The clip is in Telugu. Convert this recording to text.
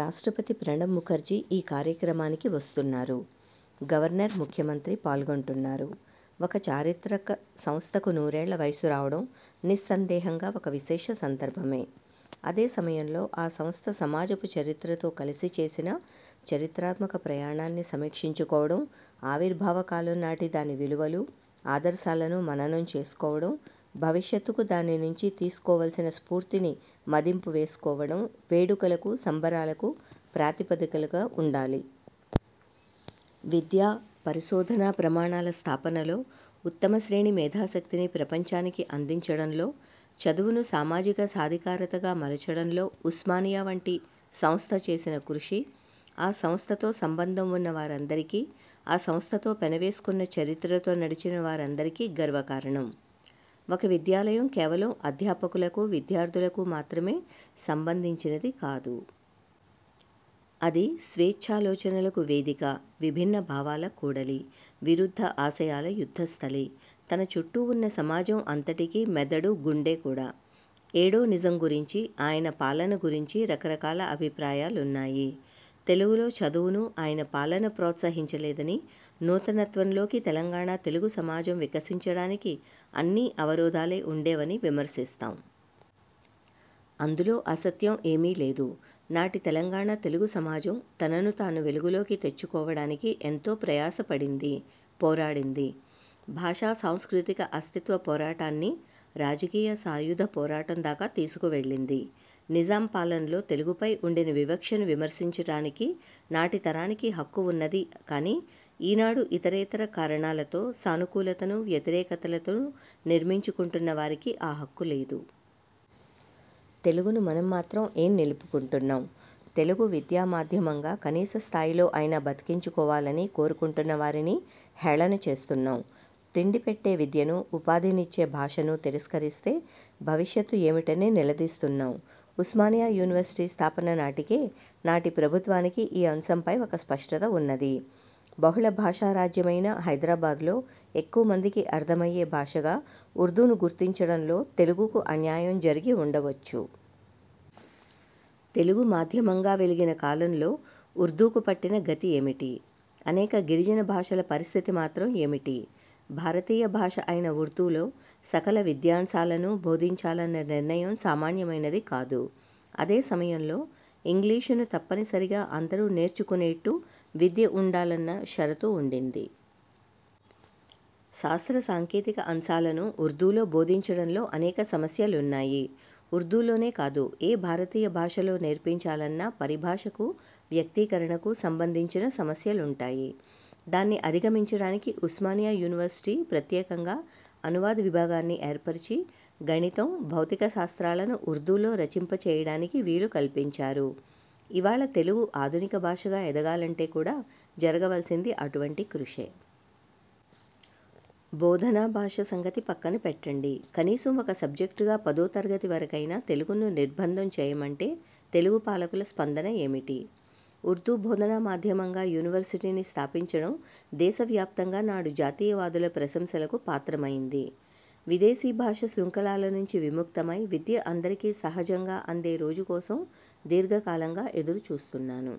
రాష్ట్రపతి ప్రణబ్ముఖర్జీ ఈ కార్యక్రమానికి వస్తున్నారు. గవర్నర్, ముఖ్యమంత్రి పాల్గొంటున్నారు. ఒక చారిత్రక సంస్థకు నూరేళ్ల వయస్సు రావడం నిస్సందేహంగా ఒక విశేష సందర్భమే. అదే సమయంలో ఆ సంస్థ సమాజపు చరిత్రతో కలిసి చేసిన చరిత్రాత్మక ప్రయాణాన్ని సమీక్షించుకోవడం, ఆవిర్భావకాలం నాటి దాని విలువలు, ఆదర్శాలను మననం చేసుకోవడం, భవిష్యత్తుకు దాని నుంచి తీసుకోవలసిన స్ఫూర్తిని మదింపువేసుకోవడం- వేడుకలకు, సంబరాలకు ప్రాతిపదికలుగా ఉండాలి. విద్యా, పరిశోధనా ప్రమాణాల స్థాపనలో, ఉత్తమశ్రేణి మేధాశక్తిని ప్రపంచానికి అందించడంలో, చదువును సామాజిక సాధికారతగా మలచడంలో ఉస్మానియా వంటి సంస్థ చేసిన కృషి- ఆ సంస్థతో సంబంధం ఉన్నవారందరికీ, ఆ సంస్థతో పెనవేసుకున్న చరిత్రతో నడిచిన వారందరికీ గర్వకారణం. ఒక విద్యాలయం కేవలం అధ్యాపకులకు, విద్యార్థులకు మాత్రమే సంబంధించినది కాదు. అది స్వేచ్ఛాలోచనలకు వేదిక, విభిన్న భావాల కూడలి, విరుద్ధ ఆశయాల యుద్ధస్థలి, తన చుట్టూ ఉన్న సమాజం అంతటికీ మెదడూ, గుండే కూడా. ఏడో నిజాం గురించి, ఆయన పాలన గురించి రకరకాల అభిప్రాయాలున్నాయి. తెలుగులో చదువును ఆయన పాలన ప్రోత్సహించలేదని, నూతనత్వంలోకి తెలంగాణ తెలుగు సమాజం వికసించడానికి అన్నీ అవరోధాలే ఉండేవని విమర్శిస్తాం. అందులో అసత్యం ఏమీ లేదు. నాటి తెలంగాణ తెలుగుసమాజం తనను తాను వెలుగులోకి తెచ్చుకోవడానికి ఎంతో ప్రయాస పడింది, పోరాడింది. భాషా సాంస్కృతిక అస్తిత్వ పోరాటాన్ని రాజకీయ సాయుధపోరాటం దాకా తీసుకువెళ్లింది. నిజాం పాలనలో తెలుగుపై ఉండిన వివక్షను విమర్శించడానికి నాటి తరానికి హక్కు ఉన్నది కానీ, ఈ నాడు ఇతరేతర కారణాలతో సానుకూలతను, వ్యతిరేకతలను నిర్మించుకుంటున్న వారికి ఆ హక్కు లేదు. తెలుగును మనం మాత్రం ఏం నిలుపుకుంటున్నాం? తెలుగు విద్యామాధ్యమంగా కనీసస్థాయిలో అయినా బతికించుకోవాలని కోరుకుంటున్నవారిని హేళన చేస్తున్నాం, తిండిపెట్టే విద్యను, ఉపాధినిచ్చే భాషను తిరస్కరిస్తే భవిష్యత్తు ఏమిటని నిలదీస్తున్నాం. ఉస్మానియా యూనివర్సిటీ స్థాపన నాటికే నాటి ప్రభుత్వానికి ఈ అంశంపై ఒక స్పష్టత ఉన్నది. బహుళభాషా రాజ్యమైన హైదరాబాద్లో ఎక్కువమందికి అర్థమయ్యే భాషగా ఉర్దూను గుర్తించడంలో, తెలుగుకు అన్యాయం జరిగి ఉండవచ్చు. తెలుగుమాధ్యమంగా వెలిగిన కాలంలో, ఉర్దూకు పట్టిన గతి ఏమిటి? అనేక గిరిజన భాషల పరిస్థితి మాత్రం ఏమిటి? భారతీయ భాష అయిన ఉర్దూలో సకల విద్యాంశాలనూ బోధించాలన్న నిర్ణయం సామాన్యమైనది కాదు. అదే సమయంలో, ఇంగ్లీషును తప్పనిసరిగా అందరూ నేర్చుకునేట్టు విద్య ఉండాలన్న షరతూ ఉండింది. శాస్త్రసాంకేతిక అంశాలను ఉర్దూలో బోధించడంలో అనేక సమస్యలున్నాయి. ఉర్దూలోనే కాదు, ఏ భారతీయ భాషలో నేర్పించాలన్నా పరిభాషకు, వ్యక్తీకరణకు సంబంధించిన సమస్యలుంటాయి. దాన్ని అధిగమించడానికి ఉస్మానియాయూనివర్సిటీ ప్రత్యేకంగా అనువాద విభాగాన్ని ఏర్పరచి, గణితం, భౌతిక శాస్త్రాలను ఉర్దూలో రచింపజేయడానికి వీలు కల్పించారు. ఇవాళ తెలుగు ఆధునిక భాషగా ఎదగాలంటే కూడా జరగవలసింది అటువంటి కృషే. బోధనాభాష సంగతి పక్కనపెట్టండి, కనీసం ఒక సబ్జెక్టుగా పదోతరగతి వరకైనా తెలుగును నిర్బంధం చేయమంటే తెలుగుపాలకుల స్పందన ఏమిటి? ఉర్దూ బోధనా మాధ్యమంగా యూనివర్సిటీని స్థాపించడం దేశవ్యాప్తంగా నాడు జాతీయవాదుల ప్రశంసలకు పాత్రమైంది. ''విదేశీ భాష శృంఖలాల నుంచి విముక్తమై, విద్య అందరికీ సహజంగా అందే రోజు కోసం దీర్ఘకాలంగా ఎదురుచూస్తున్నాను.